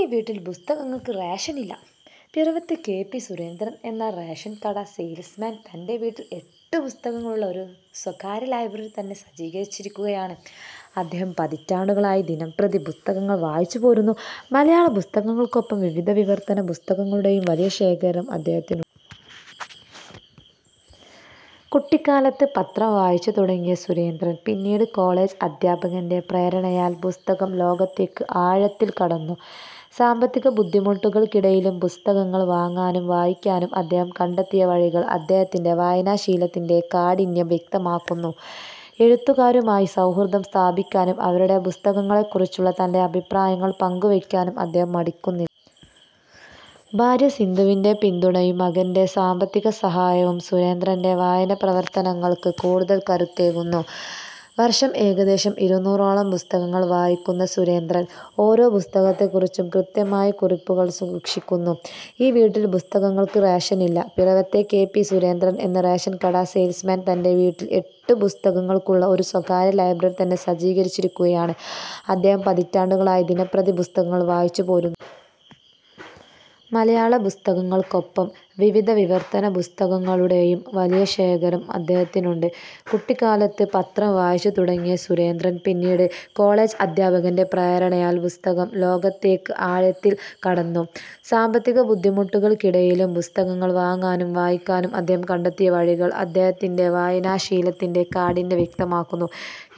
ഈ വീട്ടിൽ പുസ്തകങ്ങൾക്ക് റേഷനില്ല! പിറവത്തെ കെ. പി. സുരേന്ദ്രൻ എന്ന റേഷൻ കട സെയിൽസ്മാൻ, തന്റെ വീട്ടിൽ എട്ടു പുസ്തകങ്ങളുള്ള ഒരു സ്വകാര്യ ലൈബ്രറി തന്നെ സജ്ജീകരിച്ചിരിക്കുകയാണ്, അദ്ദേഹം പതിറ്റാണ്ടുകളായി ദിനംപ്രതി പുസ്തകങ്ങൾ വായിച്ചുപോരുന്നു. മലയാള പുസ്തകങ്ങൾക്കൊപ്പം വിവിധ വിവർത്തന പുസ്തകങ്ങളുടെയും വലിയ ശേഖരം അദ്ദേഹത്തിനുണ്ട്. കുട്ടിക്കാലത്ത് പത്രം വായിച്ചുതുടങ്ങിയ സുരേന്ദ്രൻ, പിന്നീട് കോളേജ് അധ്യാപകന്റെ പ്രേരണയാൽ പുസ്തക ലോകത്തേക്ക് ആഴത്തിൽ കടന്നു. സാമ്പത്തിക ബുദ്ധിമുട്ടുകൾക്കിടയിലും പുസ്തകങ്ങൾ വാങ്ങാനും വായിക്കാനും അദ്ദേഹം കണ്ടെത്തിയ വഴികൾ, അദ്ദേഹത്തിന്റെ വായനാശീലത്തിന്റെ കാഠിന്യം വ്യക്തമാക്കുന്നു. എഴുത്തുകാരുമായി സൗഹൃദം സ്ഥാപിക്കാനും അവരുടെ പുസ്തകങ്ങളെക്കുറിച്ചുള്ള തന്റെ അഭിപ്രായങ്ങൾ പങ്കുവെക്കാനും അദ്ദേഹം മടിക്കുന്നില്ല. ഭാര്യ സിന്ധുവിന്റെ പിന്തുണയും മകന്റെ സാമ്പത്തിക സഹായവും സുരേന്ദ്രന്റെ വായനാപ്രവർത്തനങ്ങൾക്ക് കൂടുതൽ കരുത്തേകുന്നു. വർഷം ഏകദേശം ഇരുന്നൂറോളം പുസ്തകങ്ങൾ വായിക്കുന്ന സുരേന്ദ്രൻ, ഓരോ പുസ്തകത്തെക്കുറിച്ചും കൃത്യമായ കുറിപ്പുകൾ സൂക്ഷിക്കുന്നു. ഈ വീട്ടിൽ പുസ്തകങ്ങൾക്ക് റേഷനില്ല! പിറവത്തെ കെ. പി. സുരേന്ദ്രൻ എന്ന റേഷൻ കട സെയിൽസ്മാൻ, തന്റെ വീട്ടിൽ എട്ടു പുസ്തകങ്ങളുള്ള ഒരു സ്വകാര്യ ലൈബ്രറി തന്നെ സജ്ജീകരിച്ചിരിക്കുകയാണ്, അദ്ദേഹം പതിറ്റാണ്ടുകളായി ദിനംപ്രതി പുസ്തകങ്ങൾ വായിച്ചുപോരുന്നു. മലയാള പുസ്തകങ്ങൾക്കൊപ്പം വിവിധ വിവർത്തന പുസ്തകങ്ങളുടെയും വലിയ ശേഖരം അദ്ദേഹത്തിനുണ്ട്. കുട്ടിക്കാലത്ത് പത്രം വായിച്ചുതുടങ്ങിയ സുരേന്ദ്രൻ, പിന്നീട് കോളേജ് അധ്യാപകന്റെ പ്രേരണയാൽ പുസ്തക ലോകത്തേക്ക് ആഴത്തിൽ കടന്നു. സാമ്പത്തിക ബുദ്ധിമുട്ടുകൾക്കിടയിലും പുസ്തകങ്ങൾ വാങ്ങാനും വായിക്കാനും അദ്ദേഹം കണ്ടെത്തിയ വഴികൾ, അദ്ദേഹത്തിന്റെ വായനാശീലത്തിന്റെ കാഠിന്യം വ്യക്തമാക്കുന്നു.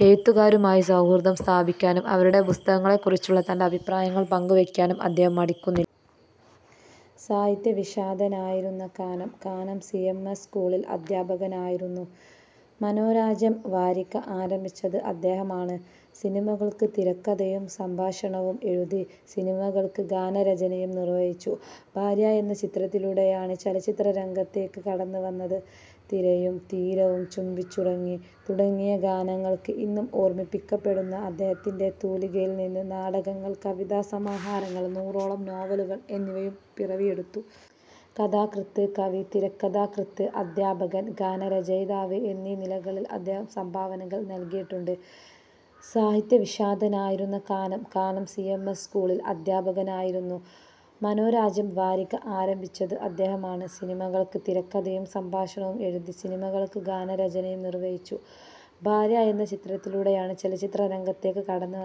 എഴുത്തുകാരുമായി സൗഹൃദം സ്ഥാപിക്കാനും അവരുടെ പുസ്തകങ്ങളെക്കുറിച്ചുള്ള തന്റെ അഭിപ്രായങ്ങൾ പങ്കുവെക്കാനും അദ്ദേഹം മടിക്കുന്നില്ല. സാഹിത്യവിശാരദനായിരുന്ന Kanam, Kanam C. M. S. സ്കൂളുകളിൽ അധ്യാപകനായിരുന്നു. 'മനോരാജ്യം' വാരിക ആരംഭിച്ചത് അദ്ദേഹമാണ്. സിനിമകൾക്ക് തിരക്കഥയും സംഭാഷണവും എഴുതി, സിനിമകൾക്ക് ഗാനരചനയും നിർവഹിച്ചു. 'ഭാര്യ' എന്ന ചിത്രത്തിലൂടെയാണ് ചലച്ചിത്രരംഗത്തേക്ക് കടന്നുവന്നത്. 'തിരയും തീരവും ചുംബിച്ചുറങ്ങി' തുടങ്ങിയ ഗാനങ്ങൾ ഇന്നും ഓർമ്മിക്കപ്പെടുന്നു. അദ്ദേഹത്തിന്റെ തൂലികയിൽ നിന്ന് നാടകങ്ങൾ, കവിതാസമാഹാരങ്ങൾ, നൂറോളം നോവലുകൾ എന്നിവയും പിറവിയെടുത്തു. കഥാകൃത്ത്, കവി, തിരക്കഥാകൃത്ത്, അധ്യാപകൻ, ഗാനരചയിതാവ് എന്നീ നിലകളിൽ അദ്ദേഹം സംഭാവനകൾ നൽകിയിട്ടുണ്ട്. സാഹിത്യവിശാരദനായിരുന്ന Kanam, Kanam C. M. S. സ്കൂളുകളിൽ അധ്യാപകനായിരുന്നു. 'മനോരാജ്യം' വാരിക ആരംഭിച്ചത് അദ്ദേഹമാണ്. സിനിമകൾക്ക് തിരക്കഥയും സംഭാഷണവും എഴുതി, സിനിമകൾക്ക് ഗാനരചനയും നിർവഹിച്ചു. 'ഭാര്യ' എന്ന ചിത്രത്തിലൂടെയാണ് ചലച്ചിത്രരംഗത്തേക്ക് കടന്നുവന്നത്.